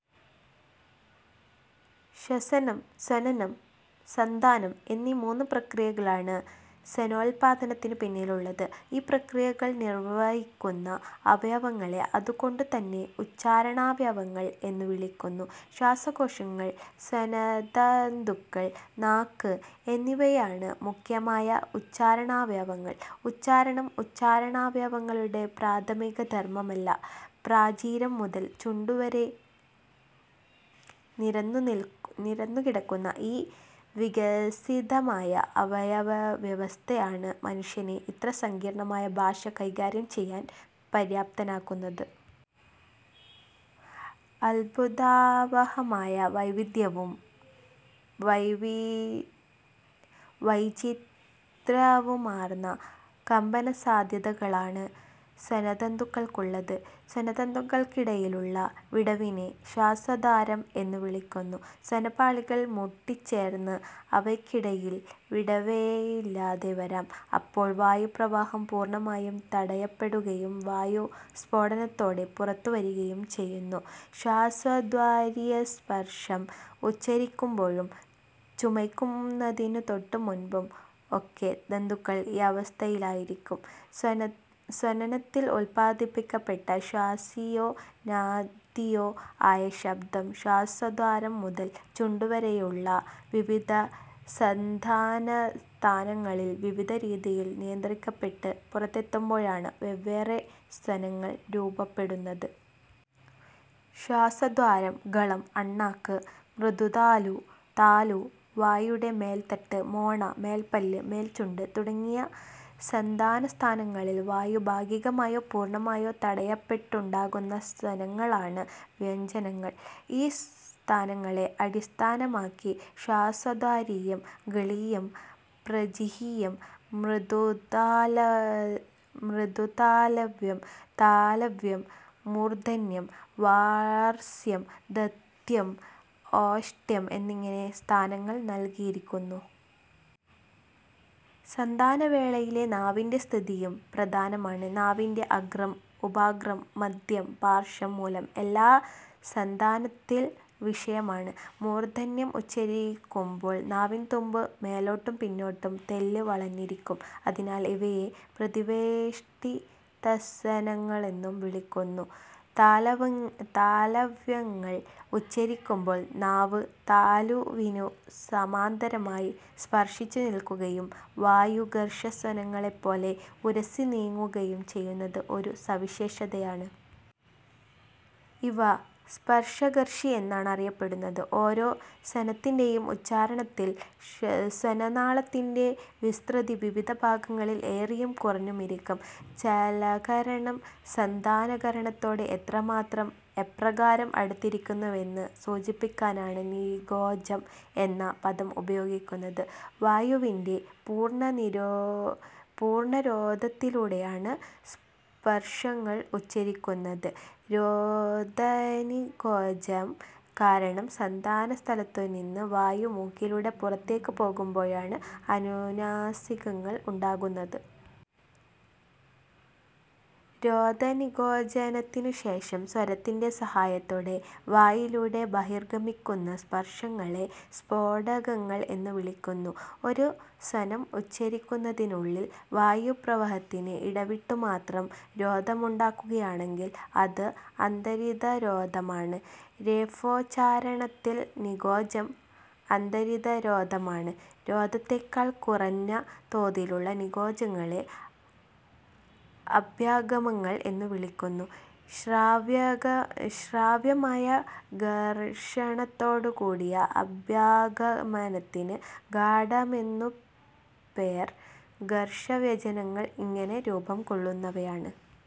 ശ്വസനം, സ്വനനം, സന്ധാനം എന്നീ മൂന്നു പ്രക്രിയകളാണ് സ്വനോല്പാദനത്തിനു പിന്നിലുള്ളത്. ഈ പ്രക്രിയകൾ നിർവ്വഹിക്കുന്ന അവയവങ്ങളെ അതുകൊണ്ടുതന്നെ ഉച്ചാരണാവയവങ്ങൾ എന്നു വിളിക്കുന്നു. ശ്വാസകോശങ്ങൾ, സ്വനതന്തുക്കൾ, നാക്ക് എന്നിവയാണ് മുഖ്യമായ ഉച്ചാരണാവയവങ്ങൾ. ഉച്ചാരണം ഉച്ചാരണാവയവങ്ങളുടെ പ്രാഥമികധർമ്മമല്ല. പ്രാചീരം മുതൽ ചുണ്ടുവരെ നിരന്നുനിൽ നിരന്നുകിടക്കുന്ന ഈ വികസിതമായ അവയവവ്യവസ്ഥയാണ് മനുഷ്യനെ ഇത്ര സങ്കീർണ്ണമായ ഭാഷ കൈകാര്യം ചെയ്യാൻ പര്യാപ്തനാക്കുന്നത്. അത്ഭുതാവഹമായ വൈവിധ്യവും വൈചിത്ര്യവുമാർന്ന കമ്പനസാധ്യതകളാണ് സ്വനതന്തുക്കൾക്കുള്ളത്. സ്വനതന്തുക്കൾക്കിടയിലുള്ള വിടവിനെ ശ്വാസദ്വാരം എന്നു വിളിക്കുന്നു. സ്വനപാളികൾ മുട്ടിച്ചേർന്ന് അവയ്ക്കിടയിൽ വിടവേയില്ലാതെ വരാം. അപ്പോൾ വായുപ്രവാഹം പൂർണ്ണമായും തടയപ്പെടുകയും വായു സ്ഫോടനത്തോടെ പുറത്തുവരികയും ചെയ്യുന്നു. ശ്വാസദ്വാരീയസ്പർശം ഉച്ചരിക്കുമ്പോഴും ചുമയ്ക്കുന്നതിനു തൊട്ടുമുൻപും ഒക്കെ തന്തുക്കൾ ഈ അവസ്ഥയിലായിരിക്കും. സ്വനനത്തിൽ ഉല്പാദിക്കപ്പെട്ട ശ്വാസിയോ നാദിയോ ആയ ശബ്ദം ശ്വാസദ്വാരം മുതൽ ചുണ്ടുവരെയുള്ള വിവിധ സന്ധാനസ്ഥാനങ്ങളിൽ വിവിധ രീതിയിൽ നിയന്ത്രിക്കപ്പെട്ട് പുറത്തെത്തുമ്പോഴാണ് വെവ്വേറെ സ്വനങ്ങൾ രൂപപ്പെടുന്നത്. ശ്വാസദ്വാരം, ഗളം, അണ്ണാക്ക്, മൃദുതാലു, താലു, വായുടെ മേൽത്തട്ട്, മോണ, മേൽപ്പല്ല്, മേൽച്ചുണ്ട് തുടങ്ങിയ സന്ധാനസ്ഥാനങ്ങളിൽ വായു ഭാഗികമായോ പൂർണ്ണമായോ തടയപ്പെട്ടുണ്ടാകുന്ന സ്വനങ്ങളാണ് വ്യഞ്ജനങ്ങൾ. ഈ സ്ഥാനങ്ങളെ അടിസ്ഥാനമാക്കി ശ്വാസദ്വാരീയം, ഗളീയം, പ്രജിഹ്വീയം, മൃദുതാലവ്യം, താലവ്യം, മൂർദ്ധന്യം, വർത്സ്യം, ദന്ത്യം, ഓഷ്ഠ്യം എന്നിങ്ങനെ സ്ഥാനങ്ങൾ നൽകിയിരിക്കുന്നു. സന്ധാനവേളയിലെ നാവിന്റെ സ്ഥിതിയും പ്രധാനമാണ്. നാവിന്റെ അഗ്രം, ഉപാഗ്രം, മദ്ധ്യം, പാർശ്വം, മൂലം എല്ലാം സന്ധാനത്തിൽ വിഷയമാണ്. മൂർദ്ധന്യം ഉച്ചരിക്കുമ്പോൾ നാവിൻതുമ്പ് മേലോട്ടും പിന്നോട്ടും തെല്ല് വളഞ്ഞിരിക്കും. അതിനാൽ ഇവയെ പ്രതിവേഷ്ടിതസ്വനങ്ങളെന്നും വിളിക്കുന്നു. താലവ്യങ്ങൾ ഉച്ചരിക്കുമ്പോൾ നാവ് താലുവിനു സമാന്തരമായി സ്പർശിച്ചുനിൽക്കുകയും വായു ഘർഷസ്വനങ്ങളെപ്പോലെ ഉരസിനീങ്ങുകയും ചെയ്യുന്നത് ഒരു സവിശേഷതയാണ്. ഇവ സ്പർശഘർഷി എന്നാണ് അറിയപ്പെടുന്നത്. ഓരോ സ്വനത്തിന്റെയും ഉച്ചാരണത്തിൽ സ്വനനാളത്തിന്റെ വിസ്തൃതി വിവിധ ഭാഗങ്ങളിൽ ഏറിയും കുറഞ്ഞുമിരിക്കും. ചലകരണം സന്ധാനകരണത്തോട് എത്രമാത്രം, എപ്രകാരം അടുത്തിരിക്കുന്നുവെന്ന് സൂചിപ്പിക്കാനാണ് 'നികോചം' എന്ന പദം ഉപയോഗിക്കുന്നത്. വായുവിന്റെ പൂർണ്ണരോധത്തിലൂടെയാണ് സ്പർശങ്ങൾ ഉച്ചരിക്കുന്നത്. രോധനികോചം കാരണം സന്ധാനസ്ഥലത്തുനിന്ന് വായു മൂക്കിലൂടെ പുറത്തേക്ക് പോകുമ്പോഴാണ് അനുനാസികങ്ങൾ ഉണ്ടാകുന്നത്. രോധനികോചത്തിനുശേഷം സ്വരത്തിന്റെ സഹായത്തോടെ വായിലൂടെ ബഹിർഗമിക്കുന്ന സ്പർശങ്ങളെ സ്ഫോടകങ്ങൾ എന്നുവിളിക്കുന്നു. ഒരു സ്വനം ഉച്ചരിക്കുന്നതിനുള്ളിൽ വായുപ്രവാഹത്തിന് ഇടവിട്ടുമാത്രം രോധമുണ്ടാകുകയാണെങ്കിൽ അത് അന്തരിതരോധമാണ്. രേഫോച്ചാരണത്തിൽ നികോചം അന്തരിതരോധമാണ്. രോധത്തെക്കാൾ കുറഞ്ഞ തോതിലുള്ള നികോചങ്ങളെ അഭ്യാഗമങ്ങൾ എന്നുവിളിക്കുന്നു. ശ്രാവ്യമായ ഘർഷണത്തോടുകൂടിയ അഭ്യാഗമനത്തിന് ഗാഢമെന്നു പേർ. ഘർഷവ്യഞ്ജനങ്ങൾ ഇങ്ങനെ രൂപംകൊള്ളുന്നവയാണ്.